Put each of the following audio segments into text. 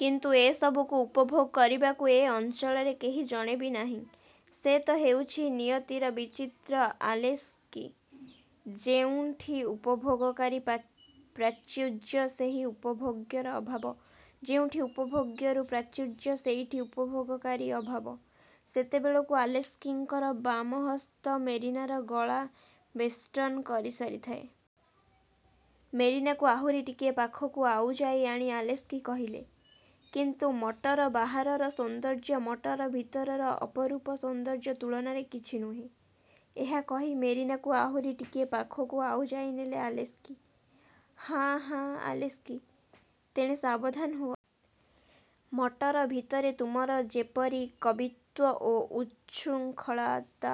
କିନ୍ତୁ ଏସବୁକୁ ଉପଭୋଗ କରିବାକୁ ଏ ଅଞ୍ଚଳରେ କେହି ଜଣେ ବି ନାହିଁ। '' ''ସେଇ ତ ହେଉଛି ନିୟତିର ବୈଚିତ୍ର୍ୟ ଆଲେସ୍କି! ଯେଉଁଠି ଉପଭୋଗକାରୀର ପ୍ରାଚୁର୍ଯ୍ୟ, ସେଠି ଉପଭୋଗ୍ୟର ଅଭାବ; ଯେଉଁଠି ଉପଭୋଗ୍ୟର ପ୍ରାଚୁର୍ଯ୍ୟ, ସେଇଠି ଉପଭୋଗକାରୀର ଅଭାବ। '' ସେତେବେଳକୁ ଆଲେସ୍କିଙ୍କର ବାମହସ୍ତ ମେରିନାର ଗଳା ବେଷ୍ଟନ କରିସାରିଥାଏ। ମେରିନାକୁ ଆହୁରି ଟିକିଏ ପାଖକୁ ଆଉଜାଇ ଆଣି ଆଲେସ୍କି କହିଲେ, ''କିନ୍ତୁ ମଟର ବାହାରର ସୌନ୍ଦର୍ଯ୍ୟ ମଟର ଭିତରର ଅପରୂପ ସୌନ୍ଦର୍ଯ୍ୟ ତୁଳନାରେ କିଛି ନୁହେଁ। '' ଏହା କହି ମେରିନାକୁ ଆହୁରି ଟିକିଏ ପାଖକୁ ଆଉଜାଇ ନେଲେ ଆଲେସ୍କି। ''ହାଁ ହାଁ,। ଆଲେସ୍କି! ତେଣେ ସାବଧାନ ହୁଅ। ମଟର ଭିତରେ ତୁମର ଯେପରି କବିତ୍ୱ ଓ ଉଚ୍ଛୃଙ୍ଖଳତା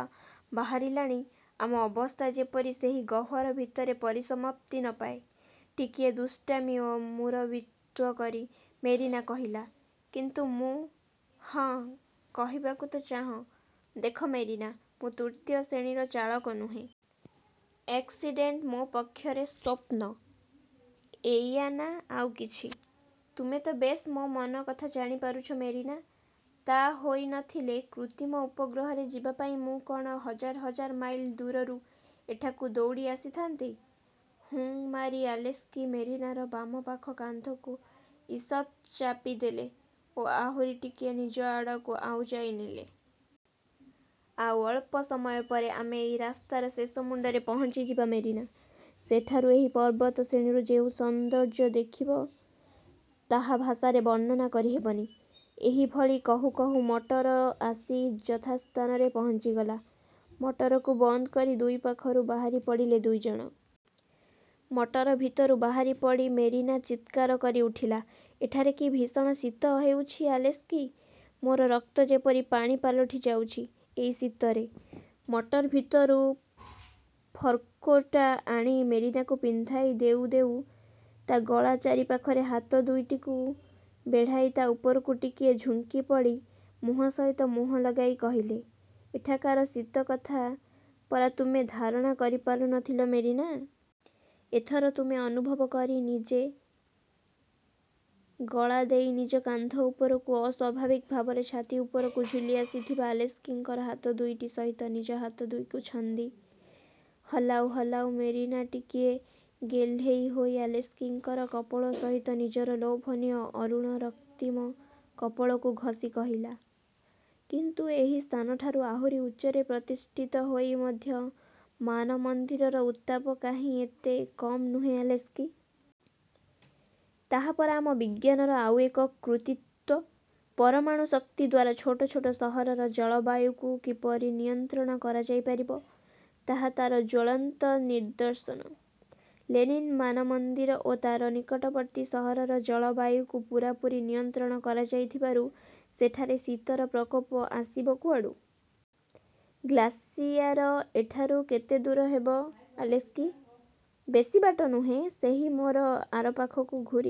ବାହାରିଲାଣି, ଆମ ଅବସ୍ଥା ଯେପରି ସେହି ଗହ୍ୱର ଭିତରେ ପରିସମାପ୍ତି ନ ପାଏ-? '' ଟିକିଏ ଦୁଷ୍ଟାମି ଓ ମୁରବିତ୍ୱ କରି ମେରିନା କହିଲା। ''କିନ୍ତୁ, ମୁଁ। '' ''ହଁ, କହିବାକୁ ତ ଚାହଁ–ଦେଖ ମେରିନା, ମୁଁ ତୃତୀୟ ଶ୍ରେଣୀର ଚାଳକ ନୁହେଁ। ଏକ୍ସିଡ଼େଣ୍ଟ ମୋ ପକ୍ଷରେ ସ୍ୱପ୍ନ–ଏଇୟା ନା ଆଉ କିଛି? ''ତୁମେ ତ ବେଶ୍ ମୋ ମନକଥା ଜାଣିପାରୁଛ ମେରିନା! '' ''ତା ହୋଇ ନଥିଲେ କୃତ୍ରିମ ଉପଗ୍ରହରେ ଯିବାପାଇଁ ମୁଁ କଅଣ ହଜାର ହଜାର ମାଇଲ ଦୂରରୁ ଏଠାକୁ ଦୌଡ଼ି ଆସିଥାନ୍ତି। '' ''ହୁଁ'' ମାରି ଆଲେସ୍କି ମେରିନାର ବାମପାଖ କାନ୍ଧକୁ ଈଷତ୍ ଚାପିଦେଲେ ଓ ଆହୁରି ଟିକିଏ ନିଜ ଆଡ଼କୁ ଆଉଜାଇ ନେଲେ। ''ଆଉ ଅଳ୍ପ ସମୟପରେ ଆମେ ଏହି ରାସ୍ତାର ଶେଷ ମୁଣ୍ଡରେ ପହଞ୍ଚିଯିବା ମେରିନା! ସେଠାରୁ ଏହି ପର୍ବତଶ୍ରେଣୀର ଯେଉଁ ସୌନ୍ଦର୍ଯ୍ୟ ଦେଖିବା, ତାହା ଭାଷାରେ ବର୍ଣ୍ଣନା କରି ହେବନି। '' ଏହିଭଳି କହୁଁ କହୁଁ ମଟର ଆସି ଯଥାସ୍ଥାନରେ ପହଞ୍ଚିଗଲା। ମଟରକୁ ବନ୍ଦ କରି ଦୁଇ ପାଖରୁ ବାହାରି ପଡ଼ିଲେ ଦୁଇଜଣ। ମଟର ଭିତରୁ ବାହାରି ପଡ଼ି ମେରିନା ଚିତ୍କାର କରି ଉଠିଲା, ''ଏଠାରେ କି ଭୀଷଣ ଶୀତ ହେଉଛି ଆଲେସ୍କି! ମୋ ରକ୍ତ ଯେପରି ପାଣି ପାଲଟିଯାଉଛି ଏହି ଶୀତରେ। '' ମଟର ଭିତରୁ ଫର୍କୋଟ୍ଟା ଆଣି ମେରିନାକୁ ପିନ୍ଧାଇ ଦେଉଁ ଦେଉଁ ତା ଗଳା ଚାରି ପାଖରେ ହାତ ଦୁଇଟିକୁ ବେଢ଼ାଇ ତା ଉପରକୁ ଟିକିଏ ଝୁଙ୍କିପଡ଼ି ମୁହଁ ସହିତ ମୁହଁ ଲଗାଇ କହିଲେ, ''ଏଠାକାର ଶୀତ କଥା ପରା ତୁମେ ଧାରଣା କରି ପାରୁନଥିଲ ମେରିନା! ଏଥର ତୁମେ ଅନୁଭବ କର ନିଜେ। '' ଗଳାଦେଇ ନିଜ କାନ୍ଧ ଉପରୁ ଅସ୍ୱାଭାବିକ ଭାବରେ ଛାତି ଉପରକୁ ଝୁଲି ଆସିଥିବା ଆଲେସ୍କିଙ୍କର ହାତ ଦୁଇଟି ସହିତ ନିଜ ହାତକୁ ଛନ୍ଦି ହଲାଉଁ ହଲାଉଁ ମେରିନା ଟିକିଏ ଗେହ୍ଲେଇହୋଇ ଆଲେସ୍କିଙ୍କର କପୋଳ ସହିତ ନିଜର ଲୋଭନୀୟ ଅରୁଣ ରକ୍ତିମ କପୋଳକୁ ଘଷି କହିଲା, ''କିନ୍ତୁ ଏହି ସ୍ଥାନଠାରୁ ଆହୁରି ଉଚ୍ଚରେ ପ୍ରତିଷ୍ଠିତ ହୋଇ ମଧ୍ୟ ମାନମନ୍ଦିରର ଉତ୍ତାପ କାହିଁକି ଏତେ କମ୍ ନୁହେଁ ଆଲେସ୍କି? '' ''ତାହା ପରା ଆମ ବିଜ୍ଞାନର ଆଉ ଏକ କୃତିତ୍ୱ। ପରମାଣୁଶକ୍ତି ଦ୍ୱାରା ଛୋଟ ଛୋଟ ସହରର ଜଳବାୟୁକୁ କିପରି ନିୟନ୍ତ୍ରଣ କରାଯାଇପାରିବ, ତାହା ତା'ର ଜ୍ୱଳନ୍ତ ନିଦର୍ଶନ। ଲେନିନ୍ ମାନମନ୍ଦିର ଓ ତା'ର ନିକଟବର୍ତ୍ତୀ ସହରର ଜଳବାୟୁକୁ ପୂରାପୂରି ନିୟନ୍ତ୍ରଣ କରାଯାଇଥିବାରୁ ସେଠାରେ ଶୀତର ପ୍ରକୋପ ଆସିବ କୁଆଡ଼ୁ? '' ''ଗ୍ଳାସିୟାର୍ ଏଠାରୁ କେତେଦୂର ହେବ ଆଲେସ୍କି? ''ବେଶୀ ବାଟ ନୁହେଁ। ସେହି ମୋଡ଼ର ଆରପାଖକୁ ଘୂରି